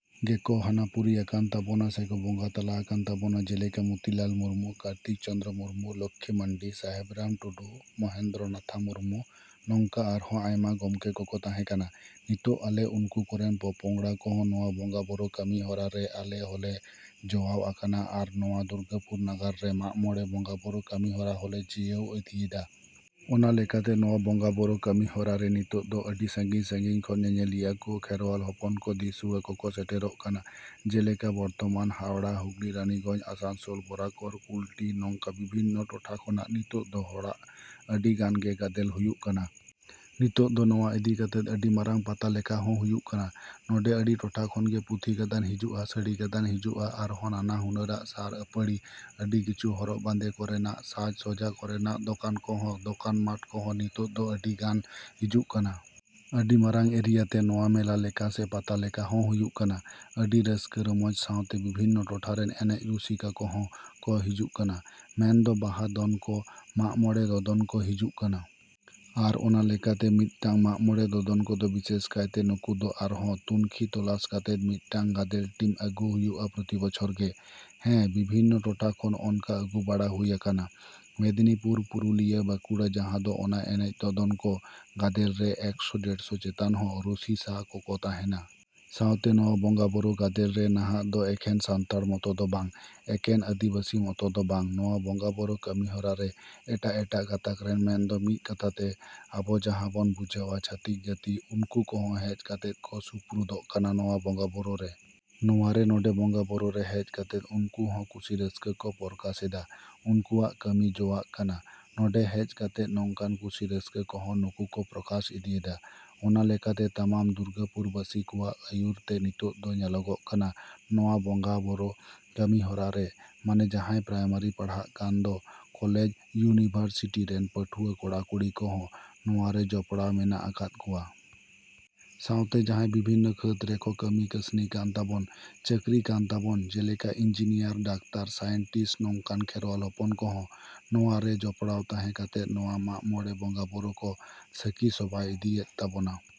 ᱜᱮᱠᱚ ᱦᱟᱱᱟ ᱯᱩᱨᱤ ᱟᱠᱟᱱ ᱛᱟᱵᱚᱱᱟ ᱥᱮᱠᱚ ᱵᱚᱸᱜᱟ ᱛᱟᱞᱟ ᱟᱠᱟᱱ ᱛᱟᱵᱚᱱᱟ, ᱡᱮᱞᱮᱠᱟ ᱢᱩᱛᱤᱞᱟᱞ ᱢᱩᱨᱢᱩ, ᱠᱟᱨᱛᱤᱠ ᱪᱚᱱᱫᱨᱚ ᱢᱩᱨᱢᱩ, ᱞᱚᱠᱷᱤ ᱢᱟᱱᱰᱤ, ᱥᱟᱦᱮᱵᱽ ᱨᱟᱢ ᱴᱩᱰᱩ, ᱢᱚᱦᱮᱱᱫᱨᱚ ᱱᱟᱛᱷᱟ ᱢᱩᱨᱢᱩ, ᱱᱚᱝᱠᱟ ᱟᱨᱦᱚᱸ ᱟᱭᱢᱟ ᱜᱚᱢᱠᱮ ᱠᱚᱠᱚ ᱛᱟᱦᱮᱸ ᱠᱟᱱᱟ᱾ ᱱᱤᱛᱳᱜ ᱟᱞᱮ ᱩᱱᱠᱩ ᱠᱚᱨᱮᱱ ᱯᱚᱯᱚᱝᱲᱟ ᱠᱚᱦᱚᱸ ᱱᱚᱣᱟ ᱵᱚᱸᱜᱟ ᱵᱳᱨᱳ ᱠᱟᱹᱢᱤ ᱦᱚᱨᱟ ᱨᱮ ᱟᱞᱮ ᱦᱚᱸᱞᱮ ᱡᱚᱣᱟᱣ ᱟᱠᱟᱱᱟ ᱟᱨ ᱱᱚᱣᱟ ᱫᱩᱨᱜᱟᱹᱯᱩᱨ ᱱᱟᱜᱟᱨ ᱨᱮ ᱢᱟᱜ ᱢᱚᱬᱮ ᱵᱚᱸᱜᱟ ᱵᱳᱨᱳ ᱠᱟᱹᱢᱤ ᱦᱚᱨᱟ ᱦᱚᱞᱮ ᱡᱤᱭᱟᱹᱣ ᱤᱫᱤᱭᱮᱫᱟ᱾ ᱚᱱᱟᱞᱮᱠᱟᱛᱮ ᱱᱚᱣᱟ ᱵᱚᱸᱜᱟ ᱵᱳᱨᱳ ᱠᱟᱹᱢᱤ ᱦᱚᱨᱟ ᱨᱮ ᱱᱤᱛᱳᱜ ᱫᱚ ᱟᱹᱰᱤ ᱥᱟᱺᱜᱤᱧᱼᱥᱟᱺᱜᱤᱧ ᱠᱷᱚᱱ ᱧᱮᱧᱮᱞᱤᱭᱟᱹ ᱠᱚ, ᱠᱷᱮᱨᱣᱟᱞ ᱦᱚᱯᱚᱱ ᱠᱚ, ᱫᱤᱥᱣᱟ ᱠᱚ ᱠᱚ ᱥᱮᱴᱮᱨᱚᱜ ᱠᱟᱱᱟ, ᱡᱮᱞᱮᱠᱟ ᱵᱚᱨᱫᱷᱚᱢᱟᱱ, ᱦᱟᱣᱲᱟ, ᱦᱩᱜᱽᱞᱤ, ᱨᱟᱱᱤᱜᱚᱧ, ᱟᱥᱟᱱᱥᱳᱞ, ᱵᱚᱨᱟᱠᱚᱨ, ᱠᱩᱞᱴᱤ, ᱱᱚᱝᱠᱟ ᱵᱤᱵᱷᱤᱱᱱᱚ ᱴᱚᱴᱷᱟ ᱠᱷᱚᱱᱟᱜ ᱱᱤᱛᱳᱜ ᱫᱚ ᱦᱚᱲᱟᱜ ᱟᱹᱰᱤ ᱜᱟᱱ ᱜᱮ ᱜᱟᱫᱮᱞ ᱦᱩᱭᱩᱜ ᱠᱟᱱᱟ᱾ ᱱᱤᱛᱳᱜ ᱫᱚ ᱱᱚᱣᱟ ᱤᱫᱤ ᱠᱟᱛᱮᱫ ᱟᱹᱰᱤ ᱢᱟᱨᱟᱝ ᱯᱟᱛᱟ ᱞᱮᱠᱟ ᱦᱚᱸ ᱦᱩᱭᱩᱜ ᱠᱟᱱᱟ᱾ ᱱᱚᱰᱮ ᱟᱹᱰᱤ ᱴᱚᱴᱷᱟ ᱠᱷᱚᱱ ᱜᱮ ᱯᱩᱛᱷᱤ ᱜᱟᱫᱟᱱ ᱦᱤᱡᱩᱜᱼᱟ, ᱥᱟᱹᱲᱤ ᱜᱟᱫᱟᱱ ᱦᱤᱡᱩᱜᱼᱟ ᱟᱨᱦᱚᱸ ᱱᱟᱱᱟ ᱦᱩᱱᱟᱹᱨ ᱟᱜᱼᱥᱟᱨ ᱟᱹᱯᱟᱹᱲᱤ, ᱟᱹᱰᱤ ᱠᱤᱪᱷᱩ ᱦᱚᱨᱚᱜ ᱵᱟᱸᱫᱮ ᱠᱚᱨᱮᱱᱟᱜ, ᱥᱟᱡᱽ ᱥᱚᱡᱟ ᱠᱚᱨᱮᱱᱟᱜ ᱫᱚᱠᱟᱱ ᱠᱚᱦᱚᱸ, ᱫᱚᱠᱟᱱ ᱯᱟᱴ ᱠᱚᱦᱚᱸ ᱱᱤᱛᱳᱜ ᱫᱚ ᱟᱹᱰᱤ ᱜᱟᱱ ᱦᱤᱡᱩᱜ ᱠᱟᱱᱟ᱾ ᱟᱹᱰᱤ ᱢᱟᱨᱟᱝ ᱮᱨᱤᱭᱟ ᱛᱮ ᱱᱚᱣᱟ ᱢᱮᱞᱟ ᱞᱮᱠᱟ ᱥᱮ ᱯᱟᱛᱟ ᱞᱮᱠᱟ ᱦᱚᱸ ᱦᱩᱭᱩᱜ ᱠᱟᱱᱟ᱾ ᱟᱹᱰᱤ ᱨᱟᱹᱥᱠᱟᱹ ᱨᱚᱢᱚᱡᱽ ᱥᱟᱶᱛᱮ ᱵᱚᱵᱷᱤᱱᱱᱚ ᱴᱚᱴᱷᱟ ᱨᱮᱱ ᱮᱱᱮᱡ ᱨᱩᱥᱤ ᱠᱟ ᱠᱚᱦᱚᱸ ᱠᱚ ᱦᱤᱡᱩᱜ ᱠᱟᱱᱟ, ᱢᱮᱱ ᱫᱚ ᱵᱟᱦᱟ ᱫᱚᱱ ᱠᱚ, ᱢᱟᱜ ᱢᱚᱬᱮ ᱫᱚᱫᱚᱱ ᱠᱚᱠᱚ ᱦᱤᱡᱩᱜ ᱠᱟᱱᱟ᱾ ᱟᱨ ᱚᱱᱟ ᱞᱮᱠᱟᱛᱮ ᱢᱤᱫᱴᱟᱝ ᱢᱟᱜ ᱢᱚᱬᱮ ᱫᱚᱫᱚᱱ ᱠᱚᱫᱚ ᱵᱤᱥᱮᱥ ᱠᱟᱭᱛᱮ ᱱᱩᱠᱩ ᱫᱚ ᱟᱨᱦᱚᱸ ᱛᱩᱱᱠᱷᱤ ᱛᱚᱞᱟᱥ ᱠᱟᱛᱮᱫ ᱢᱤᱫᱴᱟᱝ ᱜᱟᱫᱮᱞ ᱴᱤᱢ ᱟᱹᱜᱩ ᱦᱩᱭᱩᱜᱼᱟ ᱯᱨᱚᱛᱤ ᱵᱚᱪᱷᱚᱨ ᱜᱮ᱾ ᱦᱮᱸ, ᱵᱤᱵᱷᱤᱱᱱᱚ ᱴᱚᱴᱷᱟ ᱠᱷᱚᱱ ᱚᱱᱠᱟ ᱟᱹᱜᱩ ᱵᱟᱲᱟ ᱦᱩᱭ ᱟᱠᱟᱱᱟ, ᱢᱮᱫᱽᱱᱤᱯᱩᱨ, ᱯᱩᱨᱩᱞᱤᱭᱟᱹ, ᱵᱟᱸᱠᱩᱲᱟ ᱡᱟᱦᱟᱸ ᱫᱚ ᱚᱱᱟ ᱮᱱᱮᱡ ᱫᱚᱫᱚᱱ ᱠᱚ ᱜᱟᱫᱮᱞ ᱨᱮ ᱮᱠᱥᱚ ᱰᱮᱲᱥᱚ ᱪᱮᱛᱟᱱ ᱦᱚᱸ ᱨᱩᱥᱤᱥᱟ ᱠᱚᱠᱚ ᱛᱟᱦᱮᱱᱟ᱾ ᱥᱟᱶᱛᱮ ᱱᱚᱣᱟ ᱵᱚᱸᱜᱟ ᱵᱳᱨᱳ ᱜᱟᱫᱮᱞ ᱨᱮ ᱱᱟᱦᱟᱜ ᱫᱚ ᱮᱠᱷᱮᱱ ᱥᱟᱱᱛᱟᱲ ᱢᱚᱛᱚ ᱫᱚ ᱵᱟᱝ, ᱮᱠᱮᱱ ᱟᱹᱫᱤᱵᱟᱹᱥᱤ ᱢᱚᱛᱚ ᱫᱚ ᱵᱟᱝ, ᱱᱚᱣᱟ ᱵᱚᱸᱜᱟ ᱵᱳᱨᱳ ᱠᱟᱹᱢᱤ ᱦᱚᱨᱟ ᱨᱮ ᱮᱴᱟᱜᱼᱮᱴᱟᱜ ᱜᱟᱛᱟᱠ ᱨᱮᱱ ᱢᱮᱱ ᱫᱚ ᱢᱤᱫ ᱠᱟᱛᱷᱟ ᱛᱮ ᱟᱵᱚ ᱡᱟᱦᱟᱸ ᱵᱚᱱ ᱵᱩᱡᱷᱟᱹᱣᱟ ᱪᱷᱟᱹᱛᱤᱠ ᱡᱟᱹᱛᱤ ᱩᱱᱠᱩ ᱠᱚᱦᱚᱸ ᱦᱮᱡ ᱠᱟᱛᱮᱫ ᱠᱚ ᱥᱩᱯᱨᱩᱫᱚᱜ ᱠᱟᱱᱟ ᱱᱚᱣᱟ ᱵᱚᱸᱜᱟ ᱵᱳᱨᱳ ᱨᱮ᱾ ᱱᱚᱣᱟ ᱨᱮ ᱱᱚᱰᱮ ᱵᱚᱸᱜᱟ ᱵᱳᱨᱳ ᱨᱮ ᱦᱮᱡ ᱠᱟᱛᱮᱫ ᱩᱱᱠᱩ ᱦᱚᱸ ᱠᱩᱥᱤ ᱨᱟᱹᱥᱠᱟᱹ ᱠᱚ ᱯᱚᱨᱠᱟᱥ ᱮᱫᱟ, ᱩᱱᱠᱣᱟᱜ ᱠᱟᱹᱢᱤ ᱡᱚᱣᱟᱜ ᱠᱟᱱᱟ ᱱᱚᱰᱮ ᱦᱮᱡ ᱠᱟᱛᱮᱫ ᱱᱚᱝᱠᱟᱱ ᱠᱩᱥᱤ ᱨᱟᱹᱥᱠᱟᱹ ᱠᱚᱦᱚᱸ ᱱᱩᱠᱩ ᱠᱚ ᱯᱨᱚᱠᱟᱥ ᱤᱫᱤᱭᱮᱫᱟ᱾ ᱚᱱᱟ ᱞᱮᱠᱟ ᱛᱮ ᱛᱟᱢᱟᱢ ᱫᱩᱨᱜᱟᱹᱯᱩᱨ ᱵᱟᱹᱥᱤ ᱠᱚᱣᱟᱜ ᱟᱹᱭᱩᱨ ᱛᱮ ᱱᱤᱛᱳᱜ ᱫᱚ ᱧᱮᱞᱚᱜᱚᱜ ᱠᱟᱱᱟ ᱱᱚᱣᱟ ᱵᱚᱸᱜᱟ ᱵᱳᱨᱳ ᱠᱟᱹᱢᱤ ᱦᱚᱨᱟ ᱨᱮ ᱢᱟᱱᱮ ᱡᱟᱦᱟᱸᱭ ᱯᱨᱟᱭᱢᱟᱨᱤ ᱯᱟᱲᱦᱟᱜ ᱠᱟᱱ ᱫᱚ ᱠᱚᱞᱮᱡᱽ ᱭᱩᱱᱤᱵᱷᱟᱨᱥᱤᱴᱤ ᱨᱮᱱ ᱯᱟᱹᱴᱷᱩᱣᱟᱹ ᱠᱚᱲᱟ ᱠᱩᱲᱤ ᱠᱚᱦᱚᱸ ᱱᱚᱣᱟ ᱨᱮ ᱡᱚᱯᱲᱟᱣ ᱢᱮᱱᱟᱜ ᱟᱠᱟᱫ ᱠᱚᱣᱟ᱾ ᱥᱟᱶᱛᱮ ᱡᱟᱦᱟᱭ ᱵᱤᱵᱷᱤᱱᱱᱚ ᱠᱷᱟᱹᱛ ᱨᱮᱠᱚ ᱠᱟᱹᱢᱤ ᱠᱟᱹᱥᱱᱤ ᱠᱟᱱ ᱛᱟᱵᱚᱱ, ᱪᱟᱹᱠᱨᱤ ᱠᱟᱱ ᱛᱟᱵᱚᱱ, ᱡᱮᱞᱮᱠᱟ ᱤᱱᱡᱤᱱᱤᱭᱟᱨ, ᱰᱟᱠᱛᱟᱨ, ᱥᱟᱭᱮᱱᱴᱤᱥ ᱱᱚᱝᱠᱟᱱ ᱠᱷᱮᱨᱣᱟᱞ ᱦᱚᱯᱚᱱ ᱠᱚᱦᱚᱸ ᱱᱚᱣᱟ ᱨᱮ ᱡᱚᱯᱲᱟᱣ ᱛᱟᱦᱮᱸ ᱠᱟᱛᱮᱫ ᱱᱚᱣᱟ ᱢᱟᱜ ᱢᱚᱬᱮ ᱵᱚᱸᱜᱟ ᱵᱳᱨᱳ ᱠᱚ ᱥᱟᱹᱠᱷᱤ ᱥᱚᱵᱷᱟ ᱤᱫᱤᱭᱮᱫ ᱛᱟᱵᱚᱱᱟ᱾